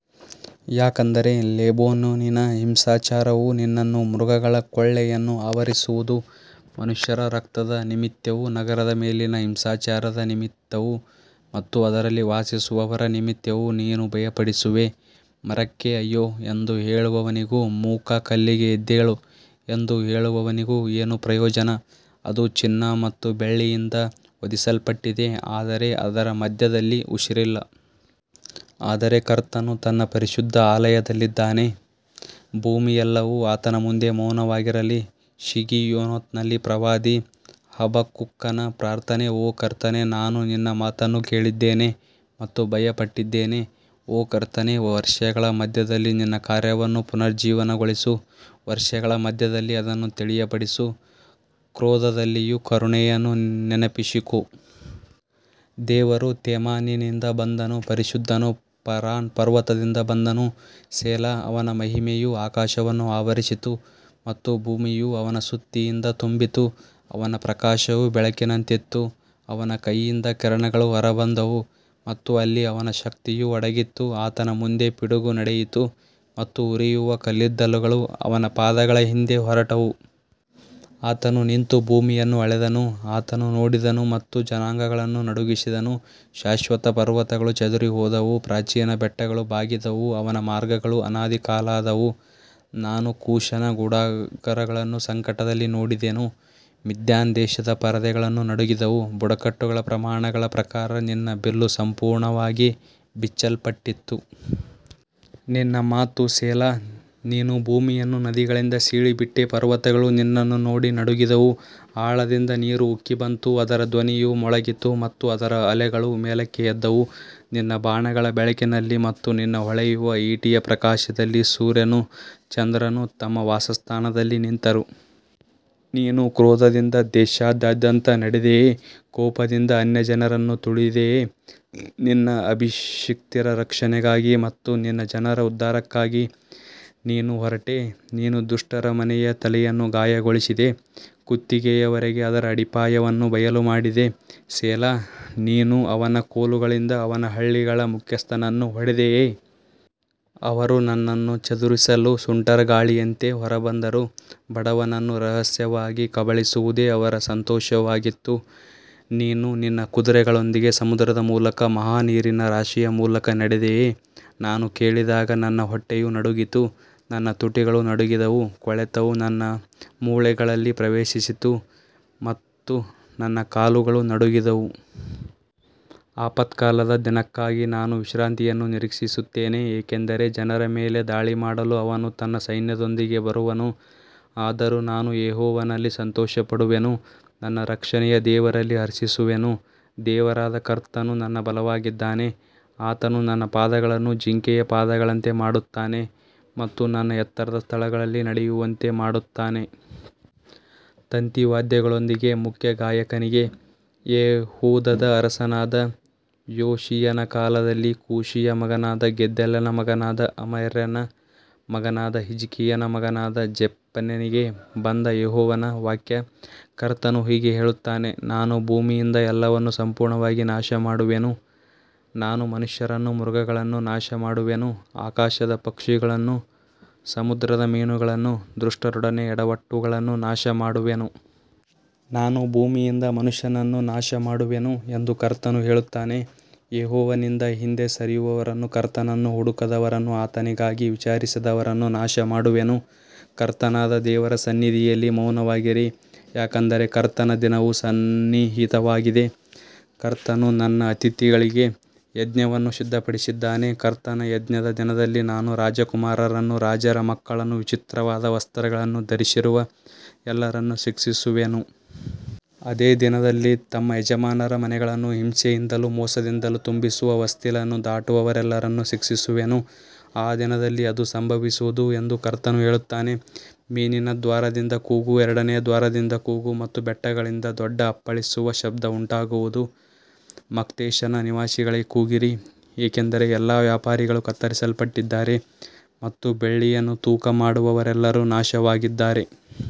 ಯಾಕಂದರೆ ಲೆಬನೋನಿನ ಹಿಂಸಾಚಾರವು ನಿನ್ನನ್ನೂ ಮೃಗಗಳ ಕೊಳ್ಳೆಯನ್ನೂ ಆವರಿಸುವುದು, ಮನುಷ್ಯರ ರಕ್ತದ ನಿಮಿತ್ತವೂ ನಗರದ ಮೇಲಿನ ಹಿಂಸಾಚಾರದ ನಿಮಿತ್ತವೂ ಮತ್ತು ಅದರಲ್ಲಿ ವಾಸಿಸುವವರ ನಿಮಿತ್ತವೂ ನೀನು ಭಯಪಡಿಸುವೆ. ಮರಕ್ಕೆ ಅಯ್ಯೋ ಎಂದು ಹೇಳುವವನಿಗೂ, ಮೂಕ ಕಲ್ಲಿಗೆ ಎದ್ದೇಳು ಎಂದು ಹೇಳುವವನಿಗೂ ಏನು ಪ್ರಯೋಜನ? ಅದು ಚಿನ್ನ ಮತ್ತು ಬೆಳ್ಳಿಯಿಂದ ಹೊದಿಸಲ್ಪಟ್ಟಿದೆ, ಆದರೆ ಅದರ ಮಧ್ಯದಲ್ಲಿ ಉಸಿರಿಲ್ಲ. ಆದರೆ ಕರ್ತನು ತನ್ನ ಪರಿಶುದ್ಧ ಆಲಯದಲ್ಲಿದ್ದಾನೆ, ಭೂಮಿಯೆಲ್ಲವೂ ಆತನ ಮುಂದೆ ಮೌನವಾಗಿರಲಿ. ಶಿಗಿಯೋನೋತ್‌ನಲ್ಲಿ ಪ್ರವಾದಿ ಹಬಕ್ಕೂಕನ ಪ್ರಾರ್ಥನೆ. ಓ ಕರ್ತನೇ, ನಾನು ನಿನ್ನ ಮಾತನ್ನು ಕೇಳಿದ್ದೇನೆ ಮತ್ತು ಭಯಪಟ್ಟಿದ್ದೇನೆ. ಓ ಕರ್ತನೇ, ವರ್ಷಗಳ ಮಧ್ಯದಲ್ಲಿ ನಿನ್ನ ಕಾರ್ಯವನ್ನು ಪುನರುಜ್ಜೀವನಗೊಳಿಸು, ವರ್ಷಗಳ ಮಧ್ಯದಲ್ಲಿ ಅದನ್ನು ತಿಳಿಯಪಡಿಸು. ಕ್ರೋಧದಲ್ಲಿಯೂ ಕರುಣೆಯನ್ನು ನೆನಪಿಸಿಕೋ. ದೇವರು ತೇಮಾನಿನಿಂದ ಬಂದನು, ಪರಿಶುದ್ಧನು ಪರಾನ್ ಪರ್ವತದಿಂದ ಬಂದನು. ಸೆಲಾ. ಅವನ ಮಹಿಮೆಯು ಆಕಾಶವನ್ನು ಆವರಿಸಿತು ಮತ್ತು ಭೂಮಿಯು ಅವನ ಸ್ತುತಿಯಿಂದ ತುಂಬಿತು. ಅವನ ಪ್ರಕಾಶವು ಬೆಳಕಿನಂತಿತ್ತು, ಅವನ ಕೈಯಿಂದ ಕಿರಣಗಳು ಹೊರಬಂದವು ಮತ್ತು ಅಲ್ಲಿ ಅವನ ಶಕ್ತಿಯು ಅಡಗಿತ್ತು. ಆತನ ಮುಂದೆ ಪಿಡುಗು ನಡೆಯಿತು ಮತ್ತು ಉರಿಯುವ ಕಲ್ಲಿದ್ದಲುಗಳು ಅವನ ಪಾದಗಳ ಹಿಂದೆ ಹೊರಟವು. ಆತನು ನಿಂತು ಭೂಮಿಯನ್ನು ಅಳೆದನು, ಆತನು ನೋಡಿದನು ಮತ್ತು ಜನಾಂಗಗಳನ್ನು ನಡುಗಿಸಿದನು. ಶಾಶ್ವತ ಪರ್ವತಗಳು ಚದುರಿಹೋದವು, ಪ್ರಾಚೀನ ಬೆಟ್ಟಗಳು ಬಾಗಿದವು. ಅವನ ಮಾರ್ಗಗಳು ಅನಾದಿಕಾಲದವು. ನಾನು ಕೂಷನ ಗುಡಾರಗಳನ್ನು ಸಂಕಟದಲ್ಲಿ ನೋಡಿದೆನು, ಮಿದ್ಯಾನ್ ದೇಶದ ಪರದೆಗಳು ನಡುಗಿದವು. ಬುಡಕಟ್ಟುಗಳ ಪ್ರಮಾಣಗಳ ಪ್ರಕಾರ ನಿನ್ನ ಬಿಲ್ಲು ಸಂಪೂರ್ಣವಾಗಿ ಬಿಚ್ಚಲ್ಪಟ್ಟಿತು. ನಿನ್ನ ಮಾತು ಸೆಲಾ. ನೀನು ಭೂಮಿಯನ್ನು ನದಿಗಳಿಂದ ಸೀಳಿಬಿಟ್ಟೆ. ಪರ್ವತಗಳು ನಿನ್ನನ್ನು ನೋಡಿ ನಡುಗಿದವು, ಆಳದಿಂದ ನೀರು ಉಕ್ಕಿಬಂತು, ಅದರ ಧ್ವನಿಯು ಮೊಳಗಿತು ಮತ್ತು ಅದರ ಅಲೆಗಳು ಮೇಲಕ್ಕೆ ಎದ್ದವು. ನಿನ್ನ ಬಾಣಗಳ ಬೆಳಕಿನಲ್ಲಿ ಮತ್ತು ನಿನ್ನ ಹೊಳೆಯುವ ಈಟಿಯ ಪ್ರಕಾಶದಲ್ಲಿ ಸೂರ್ಯನೂ ಚಂದ್ರನೂ ತಮ್ಮ ವಾಸಸ್ಥಾನದಲ್ಲಿ ನಿಂತರು. ನೀನು ಕ್ರೋಧದಿಂದ ದೇಶದಾದ್ಯಂತ ನಡೆದೆಯೆ, ಕೋಪದಿಂದ ಅನ್ಯಜನರನ್ನು ತುಳಿದೆಯೆ. ನಿನ್ನ ಅಭಿಷಿಕ್ತರ ರಕ್ಷಣೆಗಾಗಿ ಮತ್ತು ನಿನ್ನ ಜನರ ಉದ್ಧಾರಕ್ಕಾಗಿ ನೀನು ಹೊರಟೆ. ನೀನು ದುಷ್ಟರ ಮನೆಯ ತಲೆಯನ್ನು ಗಾಯಗೊಳಿಸಿದೆ, ಕುತ್ತಿಗೆಯವರೆಗೆ ಅದರ ಅಡಿಪಾಯವನ್ನು ಬಯಲುಮಾಡಿದೆ. ಸೆಲಾ. ನೀನು ಅವನ ಕೋಲುಗಳಿಂದ ಅವನ ಹಳ್ಳಿಗಳ ಮುಖ್ಯಸ್ಥನನ್ನು ಹೊಡೆದೆಯೆ. ಅವರು ನನ್ನನ್ನು ಚದುರಿಸಲು ಸುಂಟರಗಾಳಿಯಂತೆ ಹೊರಬಂದರು, ಬಡವನನ್ನು ರಹಸ್ಯವಾಗಿ ಕಬಳಿಸುವುದೇ ಅವರ ಸಂತೋಷವಾಗಿತ್ತು. ನೀನು ನಿನ್ನ ಕುದುರೆಗಳೊಂದಿಗೆ ಸಮುದ್ರದ ಮೂಲಕ, ಮಹಾ ನೀರಿನ ರಾಶಿಯ ಮೂಲಕ ನಡೆದೆಯೆ. ನಾನು ಕೇಳಿದಾಗ ನನ್ನ ಹೊಟ್ಟೆಯು ನಡುಗಿತು, ನನ್ನ ತುಟಿಗಳು ನಡುಗಿದವು. ಕೊಳೆತವು ನನ್ನ ಮೂಳೆಗಳಲ್ಲಿ ಪ್ರವೇಶಿಸಿತು ಮತ್ತು ನನ್ನ ಕಾಲುಗಳು ನಡುಗಿದವು. ಆಪತ್ಕಾಲದ ದಿನಕ್ಕಾಗಿ ನಾನು ವಿಶ್ರಾಂತಿಯನ್ನು ನಿರೀಕ್ಷಿಸುತ್ತೇನೆ, ಏಕೆಂದರೆ ಜನರ ಮೇಲೆ ದಾಳಿ ಮಾಡಲು ಅವನು ತನ್ನ ಸೈನ್ಯದೊಂದಿಗೆ ಬರುವನು. ಆದರೂ ನಾನು ಯೆಹೋವನಲ್ಲಿ ಸಂತೋಷಪಡುವೆನು, ನನ್ನ ರಕ್ಷಣೆಯ ದೇವರಲ್ಲಿ ಹರ್ಷಿಸುವೆನು. ದೇವರಾದ ಕರ್ತನು ನನ್ನ ಬಲವಾಗಿದ್ದಾನೆ. ಆತನು ನನ್ನ ಪಾದಗಳನ್ನು ಜಿಂಕೆಯ ಪಾದಗಳಂತೆ ಮಾಡುತ್ತಾನೆ ಮತ್ತು ನನ್ನ ಎತ್ತರದ ಸ್ಥಳಗಳಲ್ಲಿ ನಡೆಯುವಂತೆ ಮಾಡುತ್ತಾನೆ. ತಂತಿವಾದ್ಯಗಳೊಂದಿಗೆ ಮುಖ್ಯ ಗಾಯಕನಿಗೆ. ಯೆಹೂದದ ಅರಸನಾದ ಯೋಷೀಯನ ಕಾಲದಲ್ಲಿ ಕೂಶಿಯ ಮಗನಾದ ಗೆದಲ್ಯನ ಮಗನಾದ ಅಮರ್ಯನ ಮಗನಾದ ಹಿಜ್ಕೀಯನ ಮಗನಾದ ಜೆಫನ್ಯನಿಗೆ ಬಂದ ಯೆಹೋವನ ವಾಕ್ಯ. ಕರ್ತನು ಹೀಗೆ ಹೇಳುತ್ತಾನೆ, ನಾನು ಭೂಮಿಯಿಂದ ಎಲ್ಲವನ್ನೂ ಸಂಪೂರ್ಣವಾಗಿ ನಾಶಮಾಡುವೆನು. ನಾನು ಮನುಷ್ಯರನ್ನೂ ಮೃಗಗಳನ್ನೂ ನಾಶಮಾಡುವೆನು. ಆಕಾಶದ ಪಕ್ಷಿಗಳನ್ನೂ ಸಮುದ್ರದ ಮೀನುಗಳನ್ನೂ ದುಷ್ಟರೊಡನೆ ಎಡವಟ್ಟುಗಳನ್ನೂ ನಾಶಮಾಡುವೆನು. ನಾನು ಭೂಮಿಯಿಂದ ಮನುಷ್ಯನನ್ನು ನಾಶಮಾಡುವೆನು ಎಂದು ಕರ್ತನು ಹೇಳುತ್ತಾನೆ. ಯೆಹೋವನಿಂದ ಹಿಂದೆ ಸರಿಯುವವರನ್ನೂ ಕರ್ತನನ್ನು ಹುಡುಕದವರನ್ನೂ ಆತನಿಗಾಗಿ ವಿಚಾರಿಸದವರನ್ನೂ ನಾಶಮಾಡುವೆನು. ಕರ್ತನಾದ ದೇವರ ಸನ್ನಿಧಿಯಲ್ಲಿ ಮೌನವಾಗಿರಿ, ಯಾಕಂದರೆ ಕರ್ತನ ದಿನವು ಸನ್ನಿಹಿತವಾಗಿದೆ. ಕರ್ತನು ತನ್ನ ಅತಿಥಿಗಳಿಗೆ ಯಜ್ಞವನ್ನು ಸಿದ್ಧಪಡಿಸಿದ್ದಾನೆ. ಕರ್ತನ ಯಜ್ಞದ ದಿನದಲ್ಲಿ ನಾನು ರಾಜಕುಮಾರರನ್ನೂ ರಾಜರ ಮಕ್ಕಳನ್ನೂ ವಿಚಿತ್ರವಾದ ವಸ್ತ್ರಗಳನ್ನು ಧರಿಸಿರುವ ಎಲ್ಲರನ್ನೂ ಶಿಕ್ಷಿಸುವೆನು. ಅದೇ ದಿನದಲ್ಲಿ ತಮ್ಮ ಯಜಮಾನರ ಮನೆಗಳನ್ನು ಹಿಂಸೆಯಿಂದಲೂ ಮೋಸದಿಂದಲೂ ತುಂಬಿಸುವ ಹೊಸ್ತಿಲನ್ನು ದಾಟುವವರೆಲ್ಲರನ್ನೂ ಶಿಕ್ಷಿಸುವೆನು. ಆ ದಿನದಲ್ಲಿ ಅದು ಸಂಭವಿಸುವುದು ಎಂದು ಕರ್ತನು ಹೇಳುತ್ತಾನೆ. ಮೀನಿನ ದ್ವಾರದಿಂದ ಕೂಗು, ಎರಡನೆಯ ದ್ವಾರದಿಂದ ಕೂಗು ಮತ್ತು ಬೆಟ್ಟಗಳಿಂದ ದೊಡ್ಡ ಅಪ್ಪಳಿಸುವ ಶಬ್ದ ಉಂಟಾಗುವುದು. ಮಕ್ತೇಶನ ನಿವಾಸಿಗಳೇ, ಕೂಗಿರಿ, ಏಕೆಂದರೆ ಎಲ್ಲಾ ವ್ಯಾಪಾರಿಗಳು ಕತ್ತರಿಸಲ್ಪಟ್ಟಿದ್ದಾರೆ ಮತ್ತು ಬೆಳ್ಳಿಯನ್ನು ತೂಕಮಾಡುವವರೆಲ್ಲರೂ ನಾಶವಾಗಿದ್ದಾರೆ.